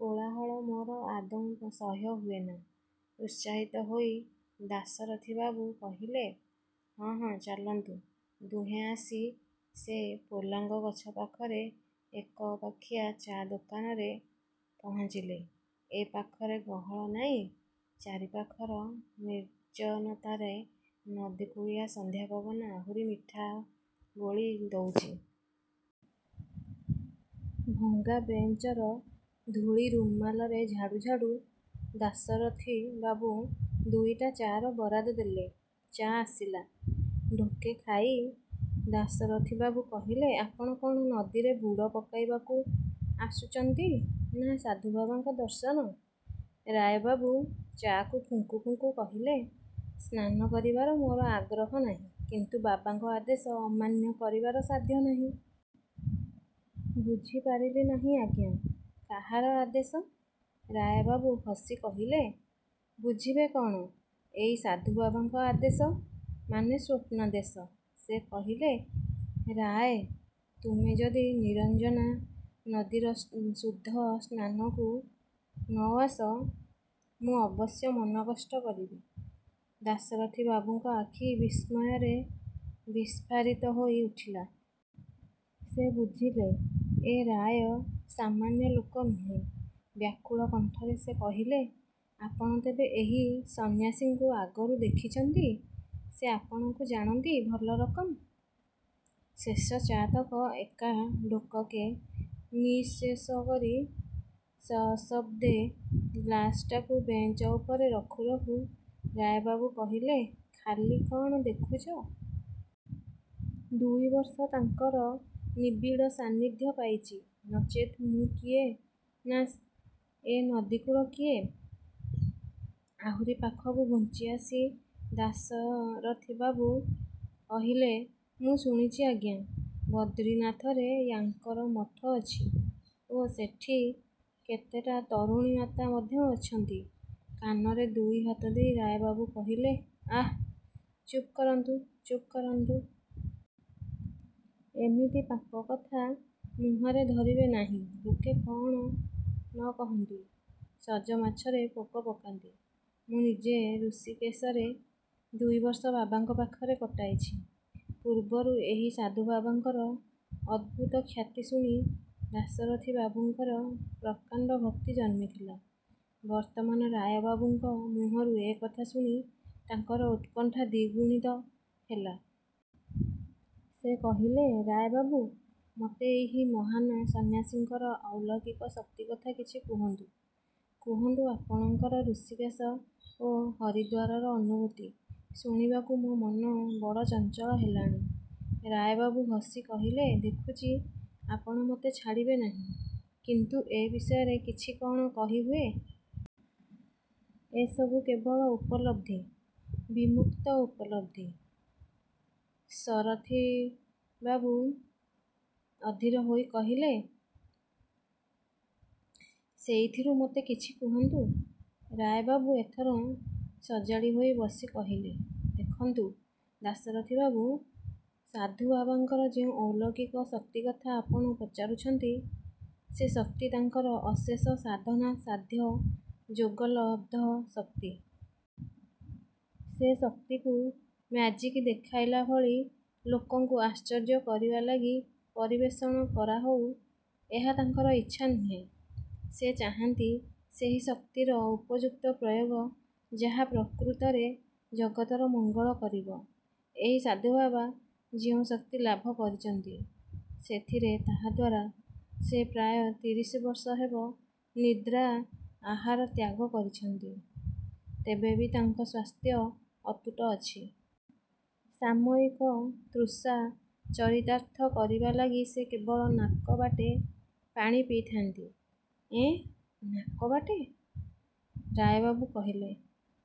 "କୋଳାହଳ ମୋର ଆଦୌ ସହ୍ୟ ହୁଏନା।" ଉତ୍ସାହିତ ହୋଇ ଦାଶରଥିବାବୁ କହିଲେ, ହଁ, ହଁ, ଚାଲନ୍ତୁ। ଦୁହେଁ ଆସି ସେ ପୋଲାଙ୍ଗ ଗଛ ପାଖର, ଏକପାଖିଆ ଚା' ଦୋକାନରେ ପହଞ୍ଚିଲେ। ଏପାଖରେ ଗହଳ ନାଇଁ, ଚାରିପାଖର ନିର୍ଜନତାରେ ନଦୀକୂଳିଆ ସନ୍ଧ୍ୟା ପବନ ଆହୁରି ମିଠା ବୋଳି ଦଉଚି। ଭଙ୍ଗା ବେଞ୍ଚର ଧୂଳି ରୁମାଲରେ ଝାଡ଼ୁ ଝାଡ଼ୁ ଦାଶରଥିବାବୁ ଦୁଇଟା ଚା'ର ବରାଦ ଦେଲେ। ଚା' ଆସିଲା। ଢୋକେ ଖାଇ ଦାଶରଥିବାବୁ କହିଲେ, "ଆପଣ କ'ଣ ନଦୀରେ ବୁଡ଼ ପକାଇବାକୁ ଆସୁଚନ୍ତି ନାଁ ସାଧୁବାବାଙ୍କ ଦର୍ଶନ?" ରାୟବାବୁ ଚା'କୁ ଫୁଙ୍କୁ ଫୁଙ୍କୁ କହିଲେ, "ସ୍ନାନ କରିବାର ମୋର ଆଗ୍ରହ ନାହିଁ; କିନ୍ତୁ ବାବାଙ୍କ ଆଦେଶ ଅମାନ୍ୟ କରିବାର ସାଧ୍ୟ ନାହିଁ।" ବୁଝି ପାରିଲି ନାହିଁ ଆଜ୍ଞା, କାହାର ଆଦେଶ? ରାୟବାବୁ ହସି କହିଲେ, ବୁଝିବେ କ'ଣ? ଏଇ ସାଧୁବାବାଙ୍କ ଆଦେଶ ମାନେ ସ୍ୱପ୍ନାଦେଶ। ସେ କହିଲେ, ରାୟ, ତୁମେ ଯଦି ନିରଞ୍ଜନା ନଦୀର ଶୁଦ୍ଧ ସ୍ନାନକୁ ନ ଆସ, ମୁଁ ଅବଶ୍ୟ ମନକଷ୍ଟ କରିବି। ଦାଶରଥିବାବୁଙ୍କ ଆଖି ବିସ୍ମୟରେ ବିସ୍ଫାରିତ ହୋଇ ଉଠିଲା। ସେ ବୁଝିଲେ, ଏ ରାୟ ସାମାନ୍ୟ ଲୋକ ନୁହେଁ। ବ୍ୟାକୁଳ କଣ୍ଠରେ ସେ କହିଲେ, ଆପଣ ତେବେ ଏହି ସନ୍ନ୍ୟାସୀଙ୍କୁ ଆଗରୁ ଦେଖିଚନ୍ତି? ସେ ଆପଣଙ୍କୁ ଜାଣନ୍ତି ଭଲ ରକମ୍? ଶେଷ ଚା'ତକ ଏକା ଢୋକକେ ନିଃଶେଷ କରି, ସଶବ୍ଦେ ଗ୍ଲାସଟାକୁ ବେଞ୍ଚ ଉପରେ ରଖୁ ରଖୁ ରାୟବାବୁ କହିଲେ, "ଖାଲି କ'ଣ ଦେଖୁଚ? ଦୁଇ ବର୍ଷ ତାଙ୍କର ନିବିଡ଼ ସାନ୍ନିଧ୍ୟ ପାଇଚି। ନଚେତ୍ ମୁଁ କିଏ ନାଁ ଏ ନଦୀକୂଳ କିଏ? ଆହୁରି ପାଖକୁ ଘୁଞ୍ଚିଆସି ଦାଶରଥିବାବୁ କହିଲେ, ମୁଁ ଶୁଣିଚି ଆଜ୍ଞା, ବଦ୍ରିନାଥରେ ୟାଙ୍କର ମଠ ଅଛି ଓ ସେଠି କେତେଟା ତରୁଣୀ ମାତା ମଧ୍ୟ ଅଛନ୍ତି? କାନରେ ଦୁଇହାତ ଦେଇ ରାୟବାବୁ କହିଲେ, ଆଃ ଚୁପ୍ କରନ୍ତୁ, ଚୁପ୍ କରନ୍ତୁ। ଏମିତି ପାପ କଥା ମୁହଁରେ ଧରିବେ ନାହିଁ। ଲୋକେ କ'ଣ ନ କହନ୍ତି? ସଜମାଛରେ ପୋକ ପକାନ୍ତି। ମୁଁ ନିଜେ ଋଷିକେଶରେ ଦୁଇବର୍ଷ ବାବାଙ୍କ ପାଖରେ କଟାଇଛି। ପୂର୍ବରୁ ଏହି ସାଧୁବାବାଙ୍କର ଅଦ୍ଭୁତ ଖ୍ୟାତି ଶୁଣି, ଦାଶରଥିବାବୁଙ୍କର ପ୍ରକାଣ୍ଡ ଭକ୍ତି ଜନ୍ମିଥିଲା। ବର୍ତ୍ତମାନ ରାୟବାବୁଙ୍କ ମୁହଁରୁ ଏକଥା ଶୁଣି ତାଙ୍କର ଉତ୍କଣ୍ଠା ଦ୍ଵିଗୁଣିତ ହେଲା। ସେ କହିଲେ, ରାୟବାବୁ, ମତେ ଏହି ମହାନ୍ ସନ୍ନ୍ୟାସୀଙ୍କର ଅଲୌକିକ ଶକ୍ତି କଥା କିଛି କହନ୍ତୁ। କହନ୍ତୁ ଆପଣଙ୍କର ଋଷିକେଶ ଓ ହରିଦ୍ୱାରର ଅନୁଭୂତି ଶୁଣିବାକୁ ମୋ ମନ ବଡ଼ ଚଞ୍ଚଳ ହେଲାଣି। ରାୟବାବୁ ହସି କହିଲେ, ଦେଖୁଚି ଆପଣ ମୋତେ ଛାଡ଼ିବେ ନାହିଁ। କିନ୍ତୁ ଏ ବିଷୟରେ କିଛି କ'ଣ କହି ହୁଏ? ଏସବୁ କେବଳ ଉପଲବ୍ଧି, ବିମୁକ୍ତ ଉପଲବ୍ଧି। ଶରଥିବାବୁ ଅଧୀର ହୋଇ କହିଲେ, ସେଇଥିରୁ ମତେ କିଛି କହନ୍ତୁ। ରାୟବାବୁ ଏଥର ସଜାଡ଼ି ହୋଇ ବସି କହିଲେ, "ଦେଖନ୍ତୁ ଦାଶରଥିବାବୁ, ସାଧୁ ବାବାଙ୍କର ଯେଉଁ ଅଲୌକିକ ଶକ୍ତିକଥା ଆପଣ ପଚାରୁଛନ୍ତି, ସେ ଶକ୍ତି ତାଙ୍କର ଅଶେଷ ସାଧନା ସାଧ୍ୟ ଯୋଗ ଲବ୍ଧ ଶକ୍ତି। ସେ ଶକ୍ତିକୁ ମ୍ୟାଜିକ ଦେଖାଇଲା ଭଳି, ଲୋକକୁ ଆଶ୍ଚର୍ଯ୍ୟ କରିବା ଲାଗି, ପରିବେଷଣ କରାହଉ, ଏହା ତାଙ୍କର ଇଚ୍ଛା ନୁହେଁ। ସେ ଚାହାନ୍ତି ସେହି ଶକ୍ତିର ଉପଯୁକ୍ତ ପ୍ରୟୋଗ ଯାହା ପ୍ରକୃତରେ ଜଗତର ମଙ୍ଗଳ କରିବ। ଏହି ସାଧୁବାବା ଯେଉଁ ଶକ୍ତି ଲାଭ କରିଚନ୍ତି, ସେଥିରେ ତାହାଦ୍ୱାରା ସେ ପ୍ରାୟ ତିରିଶ ବର୍ଷ ହେବ ନିଦ୍ରା ଆହାର ତ୍ୟାଗ କରିଚନ୍ତି, ତେବେ ବି ତାଙ୍କ ସ୍ୱାସ୍ଥ୍ୟ ଅତୁଟ ଅଛି। ସାମୟିକ ତୃଷା ଚରିତାର୍ଥ କରିବା ଲାଗି ସେ କେବଳ ନାକ ବାଟେ ପାଣି ପିଇଥା'ନ୍ତି। ଏଁ ନାକ ବାଟେ? ରାୟବାବୁ କହିଲେ।